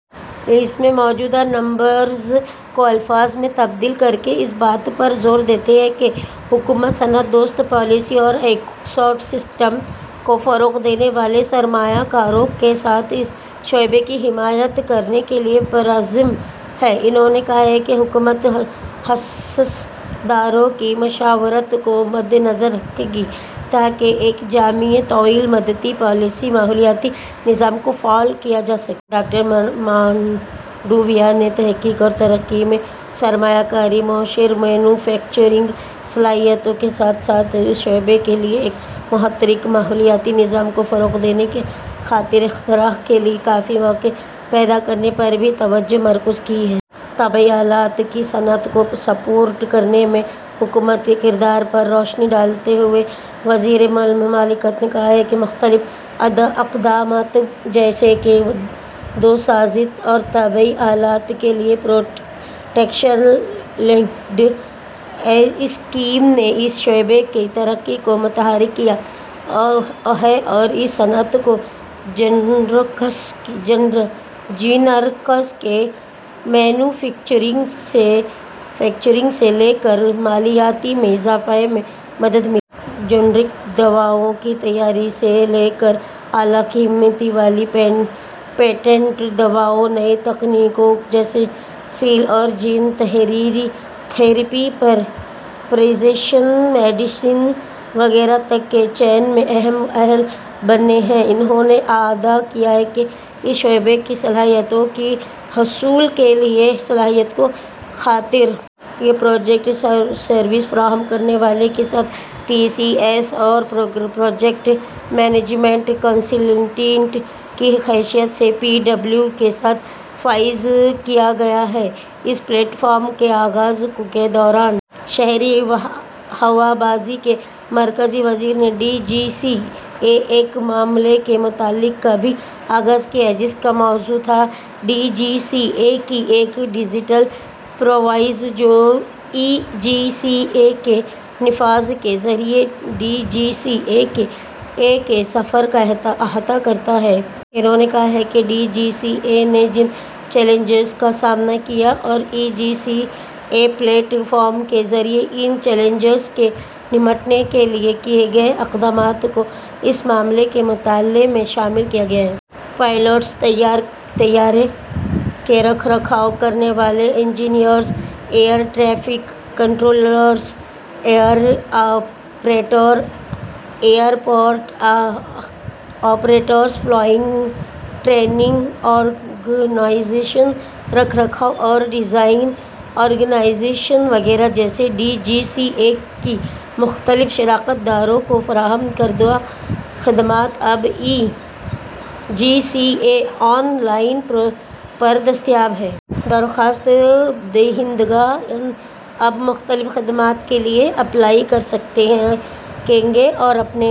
اس میں موجود نمبرز کو الفاظ میں تبدیل کرکے: اس بات پر زور دیتے ہوئے کہ حکومت صنعت دوست پالیسیوں اور ایکو سسٹم کو فروغ دینے والے سرمایہ کاروں کے ساتھ اس شعبے کی حمایت کرنے کے لیے پرعزم ہے، انہوں نے کہا کہ ''حکومت حصص داروں کی مشاورت کو مدنظر رکھے گی تاکہ ایک جامع، طویل مدتی پالیسی ماحولیاتی نظام کو فعال کیا جا سکے''۔ ڈاکٹر مانڈویہ نے تحقیق اور ترقی میں سرمایہ کاری، موثر مینوفیکچرنگ صلاحیتوں کے ساتھ ساتھ اس شعبے کے لیے ایک متحرک ماحولیاتی نظام کو فروغ دینے کی خاطر اختراع کے لیے کافی مواقع پیدا کرنے پر بھی توجہ مرکوز کی ہے۔ طبی آلات کی صنعت کو سپورٹ کرنے میں حکومت کے کردار پر روشنی ڈالتے ہوئے، وزیر مملکت نے کہا کہ ''مختلف اقدامات جیسے کہ دواسازی اور طبی آلات کے لیے پروڈکشن لنکڈ اسکیم نے اس شعبے کی ترقی کو متحرک کیا ہے اور اس صنعت کو جنرکس کے مینوفیکچررز سے لے کر مالیت میں اضافے میں مدد ملی ہے۔ جنرک دواؤں کی تیاری سے لیکر اعلیٰ قیمت والی پیٹنٹ دواؤں، نئی تکنیکوں جیسے سیل اور جین تھیریپی، پریزیشن میڈیسن وغیرہ تک کے چین میں ہم اہل بنے ہیں۔ انہوں نے اعادہ کیا کہ اس شعبے کی صلاحیتوں کے حصول کیلئے صلاحیت کو خاطر۔ یہ پروجیکٹ سروس فراہم کرنے والے کے ساتھ ٹی سی ایس اور پروجیکٹ منیجمنٹ کنسلٹینٹ کی حیثیت سے پی ڈبلیو کے ساتھ نافذ کیا گیا ہے۔ اس پلیٹ فارم کے آغاز کے دوران شہری ہوابازی کے مرکزی وزیر نے ڈی جی سی اے ایک معاملے کے مطالعے کا بھی آغاز کیا جس کا موضوع تھا ڈی جی سی اے کی ایک ڈجیٹل پرواز جو ای جی سی اے کے نفاذ کے ذریعہ ڈی جی سی اے کے سفر کا احاطہ کرتا ہے۔ انہوں نے کہا کہ ڈی جی سی اے نے جن چیلنجز کا سامنا کیا اور ای جی سی اے پلیٹ فارم کے ذریعہ ان چیلنجز سے نمٹنے کے لیے کیے گئے اقدامات کو اس معاملے کے مطالعے میں شامل کیا گیا ہے۔ پائلٹس، طیارے کے رکھ رکھاؤ کرنے والے engineers, air traffic controllers, air operators, airport operators, flying training organisation, رکھ رکھاؤ اور ڈیزائن آرگنائزیشن وغیرہ جیسے ڈی جی سی اے کے مختلف شراکت داروں کو فراہم کردہ خدمات اب ای جی سی اے آن لائن پر دستیاب ہیں۔ درخواست دہندگان اب مختلف خدمات کے لیے اپلائی کر سکیں گے اور اپنے۔